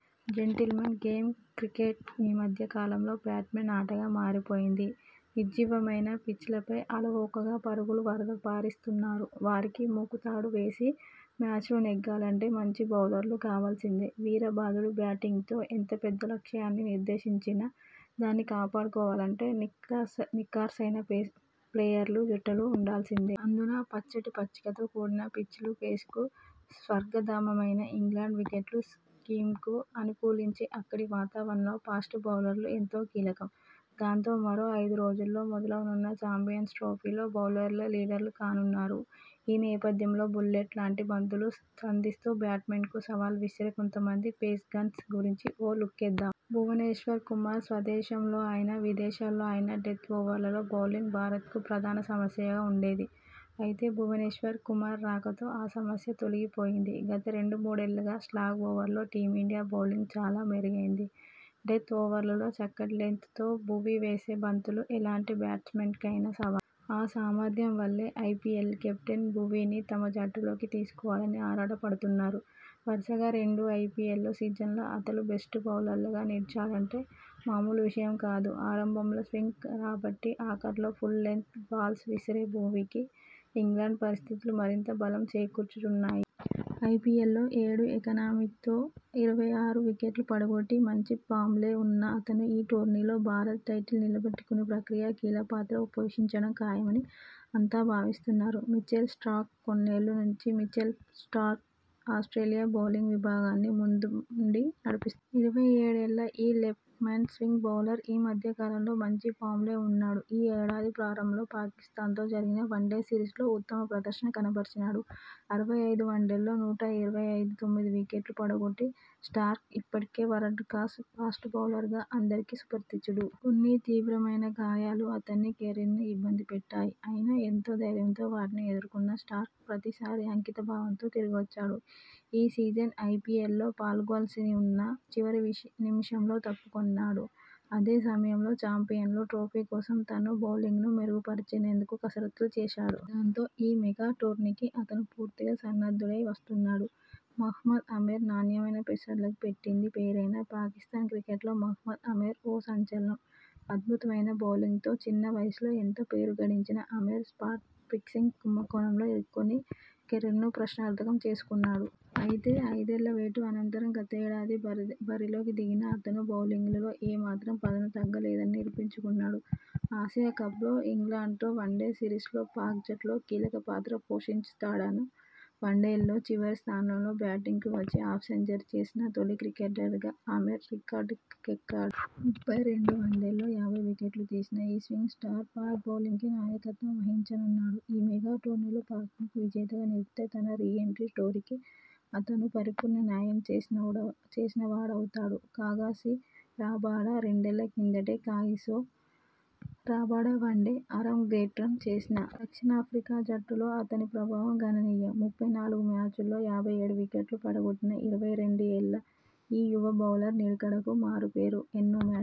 Gentlemen game cricket ఈ మధ్య కాలంలో బ్యాట్స్మెన్ ఆటగా మారిపోయింది! నిర్జీవమైన పిచ్లపై అలవోకగా పరుగుల వరద పారిస్తున్నారు. వారికి ముకుతాడు వేసి మ్యాచ్లు నెగ్గాలంటే మంచి బౌలర్లు కావాల్సిందే..! వీరబాదుడు బ్యాటింగ్తో ఎంత పెద్ద లక్ష్యాన్ని నిర్దేశించినా దాన్ని కాపాడుకోవాలంటే నిఖార్సైన పేసర్లు జట్టులో ఉండాల్సిందే..! అందునా పచ్చటి పచ్చికతో కూడిన పిచ్లు, పేస్కు స్వర్గధామమైన ఇంగ్లండ్ వికెట్లు, సీమ్కు అనుకూలించే అక్కడి వాతావరణంలో ఫాస్ట్ బౌలర్లు ఎంతో కీలకం..! దాంతో, మరో ఐదు రోజుల్లో మొదలవనున్న చాంపియన్స్ ట్రోఫీలో బౌలర్లే లీడర్లు కానున్నారు..! ఈ నేపథ్యంలో బుల్లెట్ల లాంటి బంతులు సంధిస్తూ బ్యాట్స్మెనకు సవాల్ విసిరే కొంతమంది 'పేస్ గన్స్' గురించి ఓ లుక్కేద్దాం. భువనేశ్వర్ కుమార్ స్వదేశంలో అయినా, విదేశాల్లో అయినా డెత్ ఓవర్లలో బౌలింగ్ భారత్కు ప్రధాన సమస్యగా ఉండేది. అయితే, భువనేశ్వర్ కుమార్ రాకతో ఆ సమస్య తొలగి పోయింది. గత రెండు మూడేళ్లుగా స్లాగ్ ఓవర్లలో టీమిండియా బౌలింగ్ చాలా మెరుగైంది. డెత్ ఓవర్లలో చక్కటి లెంత్ తో భువీ వేసే బంతులు ఎలాంటి బ్యాట్స్ మెన్ కైనా సవాలే. ఆ సామర్థ్యం వల్లే ఐ పీ ఎల్ కెప్టెన్లు భువీని తమ జట్టు లోకి తీసుకోవాలని ఆరాటపడుతున్నారు. వరుసగా రెండు ఐ పీ ఎల్ సీజన్లలో అతను బెస్ట్ బౌలర్గా నిలిచాడంటే మామూలు విషయం కాదు. ఆరంభంలో స్వింగ్ రాబట్టి, ఆఖర్లో ఫుల్ లెన్త్ బాల్స్ విసిరే భువీకి ఇంగ్లండ్ పరిస్థితులు మరింత బలం చేకూర్చనున్నాయి. ఐ పీ ఎల్లో ఏడు ఎకానమీ తో ఇరవై ఆరు వికెట్లు పడగొట్టి మంచి ఫామ్లో ఉన్న అతను ఈ టోర్నీలో భారత్ టైటిల్ నిలబెట్టుకునే ప్రక్రియలో కీలక పాత్ర పోషించడం ఖాయమని అంతా భావిస్తున్నారు. మిచెల్ స్టార్క్ కొన్నేళ్ల నుంచి మిచెల్ స్టార్క్ ఆస్ట్రేలియా బౌలింగ్ విభాగాన్ని ముందుండి నడిపిస్తున్నాడు. ఇరవై ఏడు ఏళ్ల ఈ లెఫ్టార్మ్ స్వింగ్ బౌలర్ ఈ మధ్య కాలంలో మంచి ఫామ్లో ఉన్నాడు. ఈ ఏడాది ప్రారంభంలో పాకిస్థాన్తో జరిగిన వన్డే సిరీస్లో ఉత్తమ ప్రదర్శన కనబరిచాడు. అరవై ఐదు వన్డేల్లో నూట ఇరవై తొమ్మిది వికెట్లు పడగొట్టిన స్టార్క్ ఇప్పటికే వరల్డ్ క్లాస్ ఫాస్ట్ బౌలర్గా అందరికీ సుపరిచితుడు. కొన్ని తీవ్రమైన గాయాలు అతని కెరీర్ను ఇబ్బంది పెట్టాయి. అయినా.. ఎంతో ధైర్యంతో వాటిని ఎదుర్కొన్న స్టార్క్ ప్రతీసారి అంకిత భావంతో తిరిగొచ్చాడు. ఈ సీజన్ ఐ పీ ఎల్లో పాల్గొనాల్సివున్నా.. చివరి నిమిషంలో తప్పుకొన్నాడు. అదే సమయంలో చాంపియన్స్ ట్రోఫీ కోసం తన బౌలింగ్ను మెరుగు పరుచుకునేందుకు కసరత్తులు చేశాడు. దాంతో, ఈ మెగా టోర్నీకి అతను పూర్తిగా సన్నద్ధుడై వస్తున్నాడు. మహమ్మద్ ఆమెర్ నాణ్యమైన పేసర్లకు పెట్టింది పేరైన పాకిస్థాన్ క్రికెట్లో మహమ్మద్ ఆమెర్ ఓ సంచలనం. అద్భుతమైన బౌలింగ్తో చిన్న వయసులో ఎంతో పేరు గడించిన ఆమెర్ స్పాట్ -ఫిక్సింగ్ కుంభకోణంలో ఇరుక్కొని కెరీర్ను ప్రశ్నార్థకం చేసుకున్నాడు. అయితే, ఐదేళ్ల వేటు అనంతరం గతేడాది బరిలోకి దిగిన అతను తన బౌలింగ్లో ఏ మాత్రం పదును తగ్గలేదని నిరూపించుకున్నాడు. ఆసియా కప్లో, ఇంగ్లండ్తో వన్డే సిరీస్లో పాక్ జట్టులో కీలక పాత్ర పోషించాడతను. వన్డేల్లో చివరి స్థానంలో బ్యాటింగ్కు వచ్చి హాఫ్ సెంచరీ చేసిన తొలి క్రికెటర్గా ఆమెర్ రికార్డుకెక్కాడు. ముప్పై రెండు వన్డేల్లో యాభై వికెట్లు తీసిన ఈ స్వింగ్ స్టార్ పాక్ బౌలింగ్కు నాయకత్వం వహించనున్నాడు. ఈ మెగా టోర్నీలో పాక్ను విజేతగా నిలిపితే తన రీ ఎంట్రీ స్టోరీకి అతను పరిపూర్ణ న్యాయం చేసినవాడవుతాడు. కాగిసో రబాడ రెండేళ్ల కిందటే కాగిసో రబాడ వన్డే అరంగేట్రం చేసినా.. దక్షిణాఫ్రికా జట్టులో అతని ప్రభావం గణనీయం. ముప్పై నాలుగు మ్యాచ్ల్ లో యాభై ఏడు వికెట్లు పడగొట్టిన ఇరవై రెండు ఏళ్ల ఈ యువ బౌలర్ నిలకడకు మారు పేరు. ఎన్నో మ్యాచ్